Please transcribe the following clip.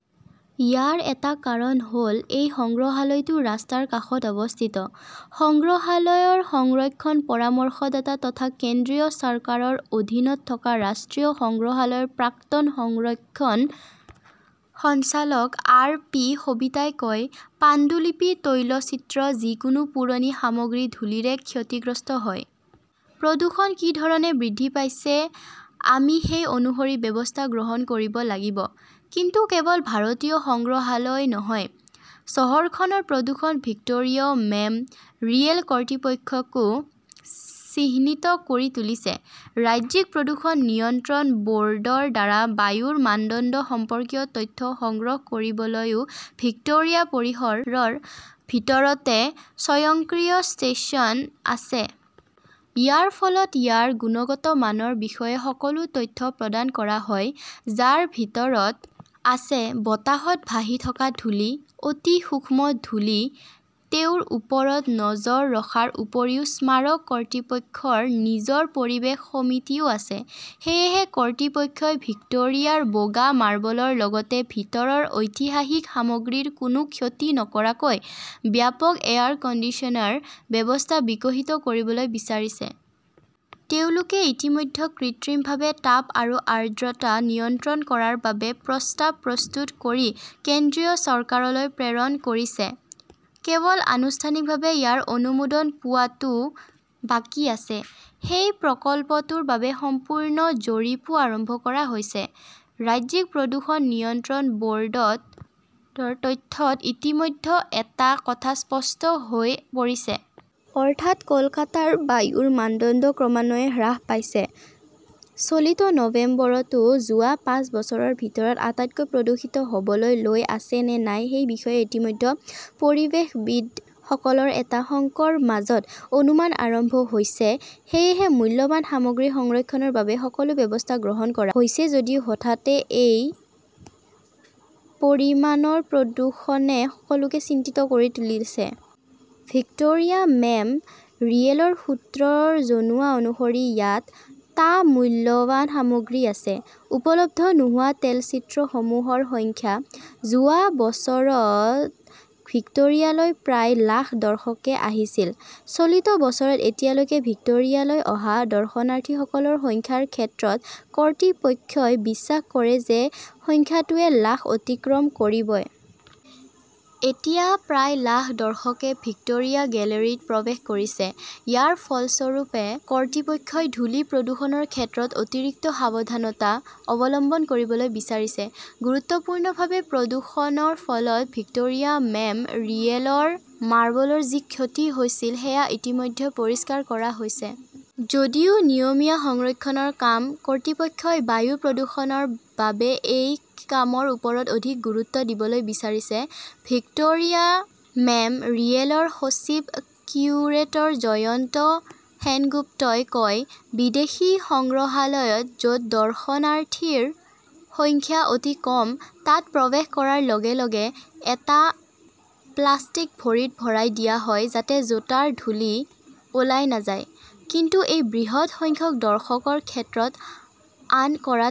ইয়াৰ এটা কাৰণ হ "ল এই সংগ্ৰহালয়টো ৰাস্তাৰ কাষত অৱস্থিত। সংগ্ৰহালয়ৰ সংৰক্ষণ পৰামৰ্শদাতা তথা কেন্দ্ৰীয় চৰকাৰৰ অধীনত থকা ৰাষ্ট্ৰীয় সংগ্ৰহালয়ৰ প্ৰাক্তন সংৰক্ষণ সঞ্চালক আৰ. পি. সবিতাই কয়, "পাণ্ডুলিপি, তৈলচিত্ৰ, যিকোনো পুৰণি সামগ্ৰী ধূলিৰে ক্ষতিগ্ৰস্ত হয়। প্ৰদূষণ যি ধৰণে বৃদ্ধি পাইছে, আমি সেই অনুসৰি ব্যৱস্থা গ্ৰহণ কৰিব লাগিব। "কিন্তু কেৱল ভাৰতীয় সংগ্ৰহালয়ই নহয়, চহৰখনৰ প্ৰদূষণে ভিক্টোৰিয়া মেম" ৰিয়েল কৰ্তৃপক্ষকো চিন্তিত কৰি তুলিছে। ৰাজ্যিক প্ৰদূষণ নিয়ন্ত্ৰণ ব "ৰ্ডৰ দ্বাৰা বায়ুৰ মানদণ্ড সম্পৰ্কীয় তথ্য সংগ্ৰহ কৰিবলৈ ভিক্টোৰিয়া পৰিসৰৰ ভিতৰতে স্বয়ংক্ৰিয় 'ষ্টেচন" আছে। ইয়াৰ ফলত ইয়াৰ গুণগত মানৰ বিষয়ে সকলো তথ্য প্ৰদান কৰা হয়, যাৰ ভিতৰত আছে বতাহত ভাহি থকা ধূলি, অতি সূক্ষ্ম ধূলি। তেওঁৰ ওপৰত নজৰ ৰখাৰ উপৰিও স্মাৰক কৰ্তৃপক্ষৰ নিজৰ পৰিৱেশ সমিতিও আছে। সেয়েহে কৰ্তৃপক্ষই ভিক্টোৰিয়াৰ বগা মাৰ্বলৰ লগতে ভিতৰৰ ঐতিহাসিক সামগ্ৰীৰ কোনো ক্ষতি নকৰিবলৈ 'ব্যাপক এয়াৰ কণ্ডিচনাৰ্ড "ব্যৱস্থা বিকশিত কৰিবলৈ বিচাৰিছে। তেওঁলোকে ইতিমধ্যে কৃত্ৰিমভাৱে তাপ আৰু আৰ্দ্ৰতা নিয়ন্ত্ৰণ কৰাৰ বাবে প্ৰস্তাৱ প্ৰস্তুত কৰি কেন্দ্ৰীয় চৰকাৰলৈ প্ৰেৰণ কৰিছে। কেৱল আনুষ্ঠানিকভাৱে ইয়াৰ অনুমোদন পোৱাটো বাকী আছে। সেই প্ৰকল্পটোৰ বাবে সম্পূৰ্ণ জৰীপও আৰম্ভ কৰা হৈছে। ৰাজ্যিক প্ৰদূষণ নিয়ন্ত্ৰণ ব "ৰ্ডৰ তথ্যত ইতিমধ্যে এটা কথা স্পষ্ট হৈ পৰিছে। অৰ্থাৎ, কলকাতাৰ বায়ুৰ মানদণ্ড ক্ৰমান্বয়ে হ্ৰাস পাইছে। চলিত নৱেম্বৰটো যোৱা পাঁচ বছৰৰ ভিতৰত আটাইতকৈ প্ৰদূষিত হ "বলৈ গৈ আছে নে নাই সেই বিষয়ে ইতিমধ্যে পৰিৱেশবিদসকলৰ এটা অংশৰ মাজত অনুমান আৰম্ভ হৈছে। সেয়েহে মূল্যৱান সামগ্ৰী সংৰক্ষণৰ বাবে সকলো ব্যৱস্থা গ্ৰহণ কৰা হৈছে যদিও হঠাতে এই পৰিমাণৰ প্ৰদূষণে সকলোকে চিন্তিত কৰি তুলিছে। ভিক্টোৰিয়া মেম "ৰিয়েলৰ সূত্ৰই জনোৱা অনুসৰি ইয়াত, টা মূল্যৱান সামগ্ৰী আছে। উপলব্ধ নোহোৱা তেলচিত্ৰসমূহৰ সংখ্যা। যোৱা বছৰ ভিক্টোৰিয়ালৈ প্ৰায় লাখ দৰ্শকে আহিছিল। চলিত বছৰত এতিয়ালৈকে ভিক্টোৰিয়ালৈ অহা দৰ্শনাৰ্থীসকলৰ সংখ্যাৰ ক্ষেত্ৰত, কৰ্তৃপক্ষই বিশ্বাস কৰে যে সংখ্যাটোৱে লাখ অতিক্ৰম কৰিব। এতিয়া প্ৰায় লাখ দৰ্শকে ভিক্টোৰিয়া গেলেৰীত প্ৰৱেশ কৰিছে। ইয়াৰ ফলস্বৰূপে, কৰ্তৃপক্ষই ধূলি প্ৰদূষণৰ ক্ষেত্ৰত অতিৰিক্ত সাৱধানতা অৱলম্বন কৰিবলৈ বিচাৰিছে। গুৰুত্বপূৰ্ণভাৱে, প্ৰদূষণৰ ফলত ভিক্টোৰিয়া মেম "ৰিয়েলৰ মাৰ্বলৰ যি ক্ষতি হৈছিল সেয়া ইতিমধ্যে পৰিষ্কাৰ কৰা হৈছে। যদিও নিয়মীয়া সংৰক্ষণৰ কাম, কৰ্তৃপক্ষই বায়ু প্ৰদূষণৰ বাবে সেই কামৰ ওপৰত অধিক গুৰুত্ব দিবলৈ বিচাৰিছে। ভিক্টোৰিয়া মেম "ৰিয়েলৰ সচিব-কিউৰেটৰ জয়ন্ত সেনগুপ্তই কয়," বিদেশী সংগ্ৰহালয়ত, য "ত দৰ্শনাৰ্থীৰ সংখ্যা অতি কম, তাত প্ৰৱেশ কৰাৰ লগে লগে এটা প্লাষ্টিক ভৰিত ভৰাই দিয়া হয় যাতে জোতাৰ ধূলি ওলাই নাযায়। " কিন্তু এই বৃহৎ সংখ্যক দৰ্শকৰ ক্ষেত্ৰত এনে কৰাটো